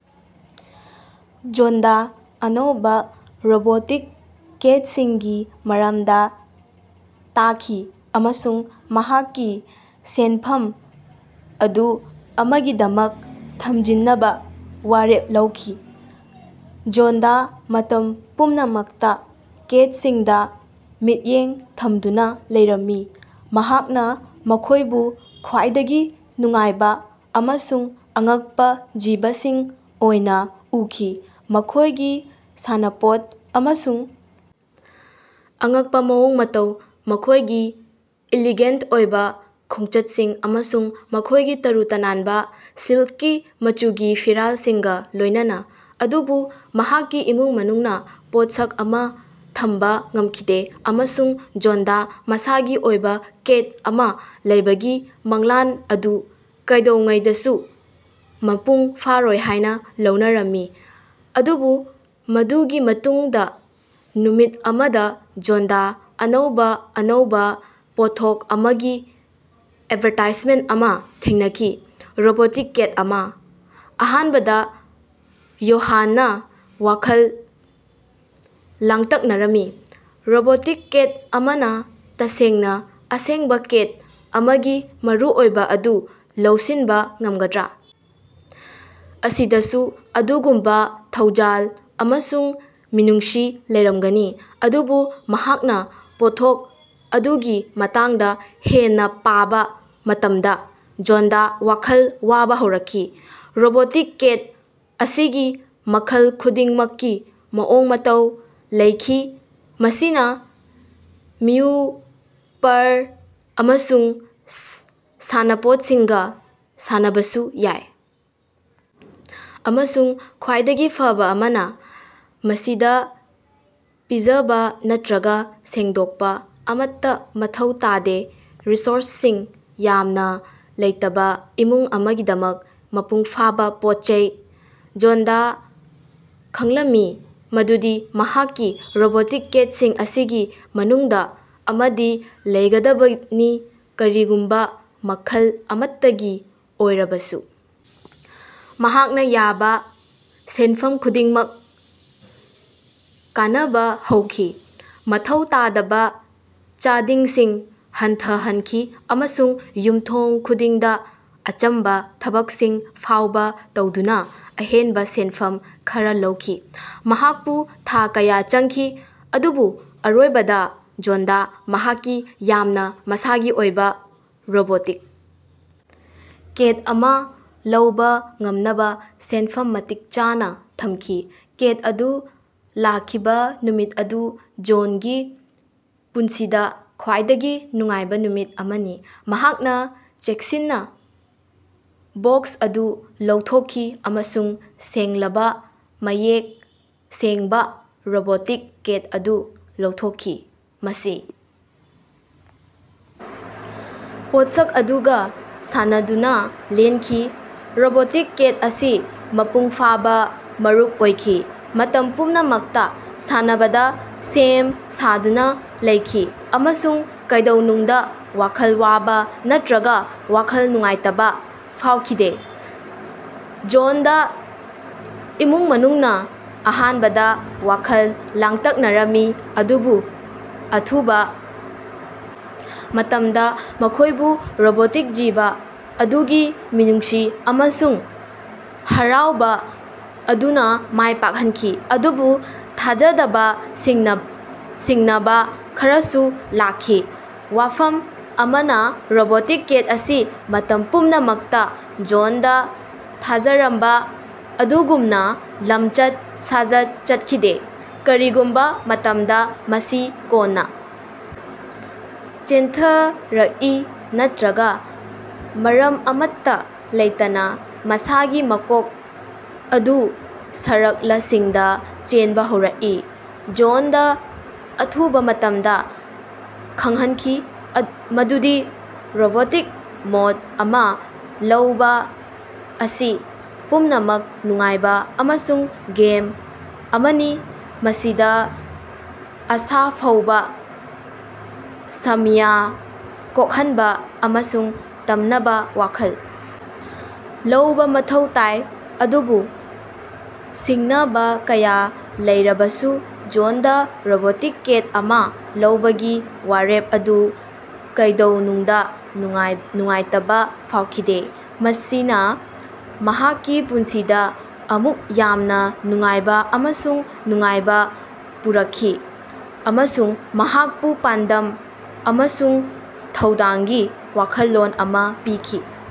ꯖꯣꯟꯗꯥ ꯑꯅꯧꯕꯥ ꯔꯣꯕꯣꯇꯤꯛ ꯀꯦꯠꯁꯤꯡꯒꯤ ꯃꯔꯝꯗꯥ ꯇꯥꯈꯤ ꯑꯃꯁꯨꯡ ꯃꯍꯥꯛꯀꯤ ꯁꯦꯟꯐꯝ ꯑꯗꯨ ꯑꯃꯒꯤꯗꯃꯛ ꯊꯝꯖꯤꯟꯅꯕꯥ ꯋꯥꯔꯦꯞ ꯂꯧꯈꯤ꯫ ꯖꯣꯟꯗꯥ ꯃꯇꯝ ꯄꯨꯝꯅꯃꯛꯇꯥ ꯀꯦꯠꯁꯤꯡꯗꯥ ꯃꯤꯠꯌꯦꯡ ꯊꯝꯗꯨꯅꯥ ꯂꯩꯔꯝꯃꯤ꯫ ꯃꯍꯥꯛꯅꯥ ꯃꯈꯣꯏꯕꯨ ꯈ꯭ꯋꯥꯏꯗꯒꯤ ꯅꯨꯡꯉꯥꯏꯕꯥ ꯑꯃꯁꯨꯡ ꯑꯉꯛꯄꯥ ꯖꯤꯕꯁꯤꯡ ꯑꯣꯏꯅꯥ ꯎꯈꯤ, ꯃꯈꯣꯏꯒꯤ ꯁꯥꯟꯅꯄꯣꯠ ꯑꯃꯁꯨꯡ ꯑꯉꯛꯄꯥ ꯃꯑꯣꯡ ꯃꯇꯧ, ꯃꯈꯣꯏꯒꯤ ꯏꯂꯤꯒꯦꯟꯇ ꯑꯣꯏꯕꯥ ꯈꯣꯡꯆꯠꯁꯤꯡ ꯑꯃꯁꯨꯡ ꯃꯈꯣꯏꯒꯤ ꯇꯔꯨ ꯇꯅꯥꯟꯕꯥ, ꯁꯤꯜꯀꯤ ꯃꯆꯨꯒꯤ ꯐꯤꯔꯥꯜꯁꯤꯡꯒꯥ ꯂꯣꯏꯅꯅꯥ꯫ ꯑꯗꯨꯕꯨ ꯃꯍꯥꯛꯀꯤ ꯏꯃꯨꯡ ꯃꯅꯨꯡꯅꯥ ꯄꯣꯠꯁꯛ ꯑꯃꯥ ꯊꯝꯕꯥ ꯉꯝꯈꯤꯗꯦ ꯑꯃꯁꯨꯡ ꯖꯣꯟꯗꯥ ꯃꯁꯥꯒꯤ ꯑꯣꯏꯕꯥ ꯀꯦꯠ ꯑꯃꯥ ꯂꯩꯕꯒꯤ ꯃꯪꯂꯥꯟ ꯑꯗꯨ ꯀꯩꯗꯧꯉꯩꯗꯁꯨ ꯃꯄꯨꯡ ꯐꯥꯔꯣꯏ ꯍꯥꯏꯅꯥ ꯂꯧꯅꯔꯝꯃꯤ꯫ ꯑꯗꯨꯕꯨ ꯃꯗꯨꯒꯤ ꯃꯇꯨꯡꯗꯥ, ꯅꯨꯃꯤꯠ ꯑꯃꯗꯥ, ꯖꯣꯟꯗꯥ ꯑꯅꯧꯕꯥ, ꯑꯅꯧꯕꯥ ꯄꯣꯠꯊꯣꯛ ꯑꯃꯒꯤ ꯑꯦꯗꯚꯥꯔꯇꯥꯏꯖꯃꯦꯟꯇ ꯑꯃꯥ ꯊꯦꯡꯅꯈꯤ – ꯔꯣꯕꯣꯇꯤꯛ ꯀꯦꯠ ꯑꯃꯥ꯫ ꯑꯍꯥꯟꯕꯗꯥ ꯌꯣꯍꯥꯟꯅꯥ ꯋꯥꯈꯜ ꯂꯥꯡꯇꯛꯅꯔꯝꯃꯤ꯫ ꯔꯣꯕꯣꯇꯤꯛ ꯀꯦꯠ ꯑꯃꯅꯥ ꯇꯁꯦꯡꯅꯥ ꯑꯁꯦꯡꯕꯥ ꯀꯦꯠ ꯑꯃꯒꯤ ꯃꯔꯨꯑꯣꯏꯕꯥ ꯑꯗꯨ ꯂꯧꯁꯤꯟꯕꯥ ꯉꯝꯒꯗ꯭ꯔꯥ? ꯑꯁꯤꯗꯥꯁꯨ ꯑꯗꯨꯒꯨꯝꯕꯥ ꯊꯧꯖꯥꯜ ꯑꯃꯁꯨꯡ ꯃꯤꯅꯨꯡꯁꯤ ꯂꯩꯔꯝꯒꯅꯤ? ꯑꯗꯨꯕꯨ ꯃꯍꯥꯛꯅꯥ ꯄꯣꯠꯊꯣꯛ ꯑꯗꯨꯒꯤ ꯃꯇꯥꯡꯗꯥ ꯍꯦꯟꯅꯥ ꯄꯥꯕꯥ ꯃꯇꯝꯗꯥ ꯖꯣꯟꯗꯥ ꯋꯥꯈꯜ ꯋꯥꯕꯥ ꯍꯧꯔꯛꯈꯤ꯫ ꯔꯣꯕꯣꯇꯤꯛ ꯀꯦꯠ ꯑꯁꯤꯒꯤ ꯃꯈꯜ ꯈꯨꯗꯤꯡꯃꯛꯀꯤ ꯃꯑꯣꯡ ꯃꯇꯧ ꯂꯩꯈꯤ ꯃꯁꯤꯅꯥ ꯃꯤꯎ, ꯄꯔꯔ, ꯑꯃꯁꯨꯡ ꯁꯥꯟꯅꯄꯣꯠꯁꯤꯡꯒꯥ ꯁꯥꯟꯅꯕꯁꯨ ꯌꯥꯏ꯫ ꯑꯃꯁꯨꯡ ꯈ꯭ꯋꯥꯏꯗꯒꯤ ꯐꯕꯥ ꯑꯃꯅꯥ, ꯃꯁꯤꯗꯥ ꯄꯤꯖꯕꯥ ꯅꯠꯇ꯭ꯔꯒꯥ ꯁꯦꯡꯗꯣꯛꯄꯥ ꯑꯃꯠꯇꯥ ꯃꯊꯧ ꯇꯥꯗꯦ ꯔꯤꯁꯣꯔꯁꯁꯤꯡ ꯌꯥꯝꯅꯥ ꯂꯩꯇꯕꯥ ꯏꯃꯨꯡ ꯑꯃꯒꯤꯗꯃꯛ ꯃꯄꯨꯡ ꯐꯥꯕꯥ ꯄꯣꯠꯆꯩ꯫ ꯖꯣꯟꯗꯥ ꯈꯪꯂꯝꯃꯤ ꯃꯗꯨꯗꯤ ꯃꯍꯥꯛꯀꯤ ꯔꯣꯕꯣꯇꯤꯛ ꯀꯦꯠꯁꯤꯡ ꯑꯁꯤꯒꯤ ꯃꯅꯨꯡꯗꯥ ꯑꯃꯗꯤ ꯂꯩꯒꯗꯕꯅꯤ, ꯀꯔꯤꯒꯨꯝꯕꯥ ꯃꯈꯜ ꯑꯃꯠꯇꯒꯤ ꯑꯣꯏꯔꯕꯁꯨ꯫ ꯃꯍꯥꯛꯅꯥ ꯌꯥꯕꯥ ꯁꯦꯟꯐꯝ ꯈꯨꯗꯤꯡꯃꯛ ꯀꯥꯟꯅꯕꯥ ꯍꯧꯈꯤ, ꯃꯊꯧ ꯇꯥꯗꯕꯥ ꯆꯥꯗꯤꯡꯁꯤꯡ ꯍꯟꯊꯍꯟꯈꯤ ꯑꯃꯁꯨꯡ ꯌꯨꯝꯊꯣꯡ ꯈꯨꯗꯤꯡꯗꯥ ꯑꯆꯝꯕꯥ ꯊꯕꯛꯁꯤꯡ ꯐꯥꯎꯕꯥ ꯇꯧꯗꯨꯅꯥ ꯑꯍꯦꯟꯕꯥ ꯁꯦꯟꯐꯝ ꯈꯔꯥ ꯂꯧꯈꯤ꯫ ꯃꯍꯥꯛꯄꯨ ꯊꯥ ꯀꯌꯥ ꯆꯪꯈꯤ, ꯑꯗꯨꯕꯨ ꯑꯔꯣꯏꯕꯗꯥ, ꯖꯣꯟꯗꯥ ꯃꯍꯥꯛꯀꯤ ꯌꯥꯝꯅꯥ ꯃꯁꯥꯒꯤ ꯑꯣꯏꯕꯥ ꯔꯣꯕꯣꯇꯤꯛ ꯀꯦꯠ ꯑꯃꯥ ꯂꯧꯕꯥ ꯉꯝꯅꯕꯥ ꯁꯦꯟꯐꯝ ꯃꯇꯤꯛ ꯆꯥꯅꯥ ꯊꯝꯈꯤ꯫ ꯀꯦꯠ ꯑꯗꯨ ꯂꯥꯛꯈꯤꯕꯥ ꯅꯨꯃꯤꯠ ꯑꯗꯨ ꯖꯣꯟꯒꯤ ꯄꯨꯟꯁꯤꯗꯥ ꯈ꯭ꯋꯥꯏꯗꯒꯤ ꯅꯨꯡꯉꯥꯏꯕꯥ ꯅꯨꯃꯤꯠ ꯑꯃꯅꯤ꯫ ꯃꯍꯥꯛꯅꯥ ꯆꯦꯛꯁꯤꯟꯅꯥ ꯕꯣꯛꯁ ꯑꯗꯨ ꯂꯧꯊꯣꯛꯈꯤ ꯑꯃꯁꯨꯡ ꯁꯦꯡꯂꯕꯥ, ꯃꯌꯦꯛ ꯁꯦꯡꯕꯥ ꯔꯣꯕꯣꯇꯤꯛ ꯀꯦꯠ ꯑꯗꯨ ꯂꯧꯊꯣꯛꯈꯤ꯫ ꯃꯁꯤ ꯄꯣꯠꯁꯛ ꯑꯗꯨꯒꯥ ꯁꯥꯟꯅꯗꯨꯅꯥ ꯂꯦꯟꯈꯤ꯫ ꯔꯣꯕꯣꯇꯤꯛ ꯀꯦꯠ ꯑꯁꯤ ꯃꯄꯨꯡ ꯐꯥꯕꯥ ꯃꯔꯨꯞ ꯑꯣꯏꯈꯤ, ꯃꯇꯝ ꯄꯨꯝꯅꯃꯛꯇꯥ ꯁꯥꯟꯅꯕꯥꯗ ꯁꯦꯝ ꯁꯥꯗꯨꯅꯥ ꯂꯩꯈꯤ, ꯑꯃꯁꯨꯡ ꯀꯩꯗꯧꯅꯨꯡꯗꯥ ꯋꯥꯈꯜ ꯋꯥꯕꯥ ꯅꯠꯇ꯭ꯔꯒꯥ ꯋꯥꯈꯜ ꯅꯨꯡꯉꯥꯏꯇꯕꯥ ꯐꯥꯎꯈꯤꯗꯦ꯫ ꯖꯣꯟꯗꯥ ꯏꯃꯨꯡ ꯃꯅꯨꯡꯅꯥ ꯑꯍꯥꯟꯕꯗꯥ ꯋꯥꯈꯜ ꯂꯥꯡꯇꯛꯅꯔꯝꯃꯤ ꯑꯗꯨꯕꯨ ꯑꯊꯨꯕꯥ ꯃꯇꯝꯗꯥ ꯃꯈꯣꯏꯕꯨ ꯔꯣꯕꯣꯇꯤꯛ ꯖꯤꯕ ꯑꯗꯨꯒꯤ ꯃꯤꯅꯨꯡꯁꯤ ꯑꯃꯁꯨꯡ ꯍꯔꯥꯎꯕꯥ ꯑꯗꯨꯅꯥ ꯃꯥꯏ ꯄꯥꯛꯍꯟꯈꯤ꯫ ꯑꯗꯨꯕꯨ ꯊꯥꯖꯗꯕꯥ ꯁꯤꯡꯅ ꯁꯤꯡꯅꯕꯥ ꯈꯔꯁꯨ ꯂꯥꯛꯈꯤ꯫ ꯋꯥꯐꯝ ꯑꯃꯅꯥ ꯔꯣꯕꯣꯇꯤꯛ ꯀꯦꯠ ꯑꯁꯤ ꯃꯇꯝ ꯄꯨꯝꯅꯃꯛꯇꯥ ꯖꯣꯟꯗꯥ ꯊꯥꯖꯔꯝꯕꯥ ꯑꯗꯨꯒꯨꯝꯅꯥ ꯂꯝꯆꯠ ꯁꯥꯖꯠ ꯆꯠꯈꯤꯗꯦ꯫ ꯀꯔꯤꯒꯨꯝꯕꯥ ꯃꯇꯝꯗꯥ, ꯃꯁꯤ ꯀꯣꯟꯅꯥ ꯆꯦꯟꯊꯔꯛꯏ ꯅꯠꯇ꯭ꯔꯒꯥ ꯃꯔꯝ ꯑꯃꯠꯇꯥ ꯂꯩꯇꯅꯥ ꯃꯁꯥꯒꯤ ꯃꯀꯣꯛ ꯑꯗꯨ ꯁꯔꯛꯂꯁꯤꯡꯗꯥ ꯆꯦꯟꯕꯥ ꯍꯧꯔꯛꯏ꯫ ꯖꯣꯟꯗꯥ ꯑꯊꯨꯕꯥ ꯃꯇꯝꯗꯥ ꯈꯪꯍꯟꯈꯤ ꯃꯗꯨꯗꯤ ꯔꯣꯕꯣꯇꯤꯛ ꯄꯣꯠ ꯑꯃꯥ ꯂꯩꯕꯥ ꯑꯁꯤ ꯄꯨꯝꯅꯃꯛ ꯅꯨꯡꯉꯥꯏꯕꯥ ꯑꯃꯁꯨꯡ ꯒꯦꯝ ꯑꯃꯅꯤ ꯃꯁꯤꯗꯥ ꯑꯁꯥꯐꯧꯕꯥ, ꯁꯃꯁ꯭ꯌꯥ ꯀꯣꯛꯍꯟꯕꯥ ꯑꯃꯁꯨꯡ ꯇꯝꯅꯕꯥ ꯋꯥꯈꯜ ꯂꯧꯕꯥ ꯃꯊꯧ ꯇꯥꯏ꯫ ꯑꯗꯨꯕꯨ ꯁꯤꯡꯅꯕꯥ ꯀꯌꯥ ꯂꯩꯔꯕꯁꯨ ꯖꯣꯟꯗꯥ ꯔꯣꯕꯣꯇꯤꯛ ꯀꯦꯠ ꯑꯃꯥ ꯂꯧꯕꯒꯤ ꯋꯥꯔꯦꯞ ꯑꯗꯨ ꯀꯩꯗꯧꯅꯨꯡꯗꯥ ꯅꯨꯡꯉꯥꯏ ꯅꯨꯡꯉꯥꯏꯇꯕꯥ ꯐꯥꯎꯈꯤꯗꯦ꯫ ꯃꯁꯤꯅꯥ ꯃꯍꯥꯛꯀꯤ ꯄꯨꯟꯁꯤꯗꯥ ꯑꯃꯨꯛ ꯌꯥꯝꯅꯥ ꯅꯨꯡꯉꯥꯏꯕꯥ ꯑꯃꯁꯨꯡ ꯅꯨꯡꯉꯥꯏꯕꯥ ꯄꯨꯔꯛꯈꯤ ꯑꯃꯁꯨꯡ ꯃꯍꯥꯛꯄꯨ ꯄꯥꯟꯗꯝ ꯑꯃꯁꯨꯡ ꯊꯧꯗꯥꯡꯒꯤ ꯋꯥꯈꯜꯂꯣꯟ ꯑꯃꯥ ꯄꯤꯈꯤ꯫